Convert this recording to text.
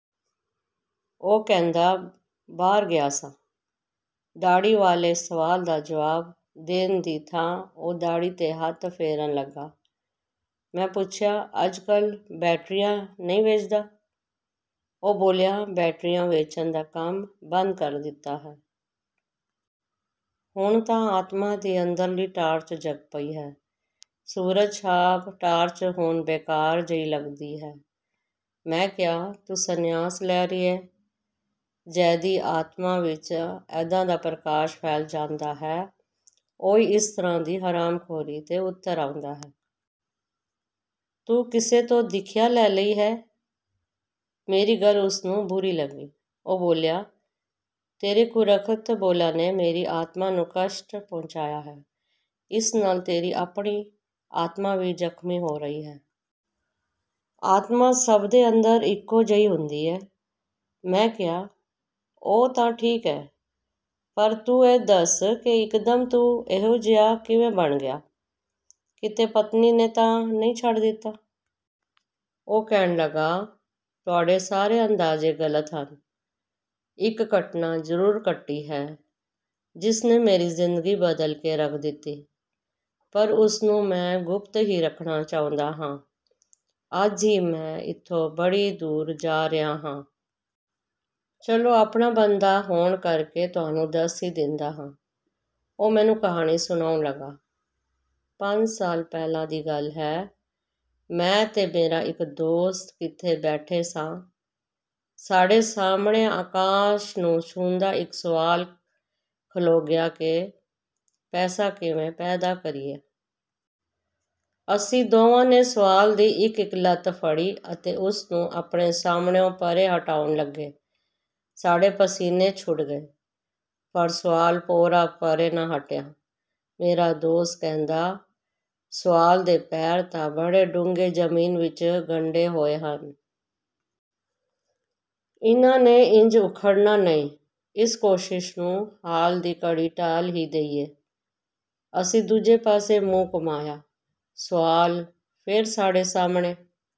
ਉਹ ਕਹਿੰਦਾ, "ਬਾਹਰ ਗਿਆ ਸਾਂ।" ਦਾੜ੍ਹੀ ਵਾਲੇ ਸਵਾਲ ਦਾ ਜਵਾਬ ਦੇਣ ਦੀ ਥਾਂ ਉਹ ਦਾੜ੍ਹੀ 'ਤੇ ਹੱਥ ਫੇਰਨ ਲੱਗਾ। ਮੈਂ ਪੁੱਛਿਆ, "ਅੱਜਕੱਲ੍ਹ ਬੈਟਰੀਆਂ ਨਹੀਂ ਵੇਚਦਾ?" ਉਹ ਬੋਲਿਆ, "ਬੈਟਰੀਆਂ ਵੇਚਣ ਦਾ ਕੰਮ ਬੰਦ ਕਰ ਦਿੱਤਾ ਹੈ। ਹੁਣ ਤਾਂ ਆਤਮਾ ਦੇ ਅੰਦਰਲੀ ਟਾਰਚ ਜਗ ਪਈ ਹੈ। ਸੂਰਜ ਛਾਪ ਟਾਰਚ ਹੁਣ ਬੇਕਾਰ ਜੇਹੀ ਲੱਗਦੀ ਹੈ।" ਮੈਂ ਕਿਹਾ, "ਤੂੰ ਸੰਨਿਆਸ ਲੈ ਰਿਹੈਂ? ਜਿਹਦੀ ਆਤਮਾ ਵਿੱਚ ਐਦਾਂ ਦਾ ਪ੍ਰਕਾਸ਼ ਫੈਲ ਜਾਂਦਾ ਹੈ, ਉਹੀ ਇਸ ਤਰ੍ਹਾਂ ਦੀ ਹਰਾਮਖੋਰੀ 'ਤੇ ਉਤਰ ਆਉਂਦਾ ਹੈ। ਤੂੰ ਕਿਸੇ ਤੋਂ ਦੀਖਿਆ ਲੈ ਲਈ ਏ?" ਮੇਰੀ ਗੱਲ ਉਸ ਨੂੰ ਬੁਰੀ ਲੱਗੀ। ਉਹ ਬੋਲਿਆ, "ਤੇਰੇ ਕੁਰੱਖਤ ਬੋਲਾਂ ਨੇ ਮੇਰੀ ਆਤਮਾ ਨੂੰ ਕਸ਼ਟ ਪਹੁੰਚਾਇਆ ਹੈ। ਇਸ ਨਾਲ ਤੇਰੀ ਆਪਣੀ ਆਤਮਾ ਵੀ ਜ਼ਖਮੀ ਹੋ ਰਹੀ ਹੈ। ਆਤਮਾ ਸਭ ਦੇ ਅੰਦਰ ਇੱਕੋ ਜੇਹੀ ਹੁੰਦੀ ਹੈ।" ਮੈਂ ਕਿਹਾ, "ਉਹ ਤਾਂ ਠੀਕ ਹੈ, ਪਰ ਤੂੰ ਇਹ ਦੱਸ ਕਿ ਇਕਦਮ ਤੂੰ ਇਹੋ ਜਿਹਾ ਕਿਵੇਂ ਬਣ ਗਿਆ? ਕਿਤੇ ਪਤਨੀ ਨੇ ਤਾਂ ਨਹੀਂ ਛੱਡ ਦਿੱਤਾ? ਉਹ ਕਹਿਣ ਲੱਗਾ, "ਤੁਹਾਡੇ ਸਾਰੇ ਅੰਦਾਜ਼ੇ ਗ਼ਲਤ ਹਨ। ਇਕ ਘਟਨਾ ਜ਼ਰੂਰ ਘਟੀ ਹੈ ਜਿਸ ਨੇ ਮੇਰੀ ਜ਼ਿੰਦਗੀ ਬਦਲ ਕੇ ਰੱਖ ਦਿੱਤੀ। ਪਰ ਉਸ ਨੂੰ ਮੈਂ ਗੁਪਤ ਹੀ ਰੱਖਣਾ ਚਾਹੁੰਦਾ ਹਾਂ। ਅੱਜ ਹੀ ਮੈਂ ਇੱਥੋਂ ਬੜੀ ਦੂਰ ਜਾ ਰਿਹਾ ਹਾਂ। ਚੱਲੋ ਆਪਣਾ ਬੰਦਾ ਹੋਣ ਕਰਕੇ ਤੁਹਾਨੂੰ ਦੱਸ ਹੀ ਦਿੰਦਾ ਹਾਂ।" ਉਹ ਮੈਨੂੰ ਕਹਾਣੀ ਸੁਣਾਉਣ ਲੱਗਾ। ਪੰਜ ਸਾਲ ਪਹਿਲਾਂ ਦੀ ਗੱਲ ਹੈ। ਮੈਂ ਤੇ ਮੇਰਾ ਇਕ ਦੋਸਤ ਕਿਤੇ ਬੈਠੇ ਸਾਂ। ਸਾਡੇ ਸਾਹਮਣੇ ਆਕਾਸ਼ ਨੂੰ ਛੂੰਹਦਾ ਇਕ ਸੁਆਲ ਖਲੋ ਗਿਆ ਕਿ "ਪੈਸਾ ਕਿਵੇਂ ਪੈਦਾ ਕਰੀਏ?" ਅਸੀਂ ਦੋਵਾਂ ਨੇ ਸੁਆਲ ਦੀ ਇਕ ਇਕ ਲੱਤ ਫੜੀ ਅਤੇ ਉਸ ਨੂੰ ਆਪਣੇ ਸਾਹਮਣਿਉਂ ਪਰ੍ਹੇ ਹਟਾਉਣ ਲੱਗੇ। ਸਾਡੇ ਪਸੀਨੇ ਛੁੱਟ ਗਏ, ਪਰ ਸੁਆਲ ਭੋਰਾ ਪਰ੍ਹੇ ਨਾ ਹਟਿਆ। ਮੇਰਾ ਦੋਸਤ ਕਹਿੰਦਾ "ਸੁਆਲ ਦੇ ਪੈਰ ਤਾਂ ਬੜੇ ਡੂੰਘੇ ਜ਼ਮੀਨ ਵਿੱਚ ਗੱਡੇ ਹੋਏ ਹਨ। ਇਨ੍ਹਾਂ ਨੇ ਇੰਝ ਉੱਖੜਨਾ ਨਹੀਂ। ਇਸ ਕੋਸ਼ਿਸ਼ ਨੂੰ ਹਾਲ ਦੀ ਘੜੀ ਟਾਲ ਹੀ ਦੇਈਏ।" ਅਸੀਂ ਦੂਜੇ ਪਾਸੇ ਮੂੰਹ ਘੁੰਮਾਇਆ। ਸੁਆਲ ਫੇਰ ਸਾਡੇ ਸਾਹਮਣੇ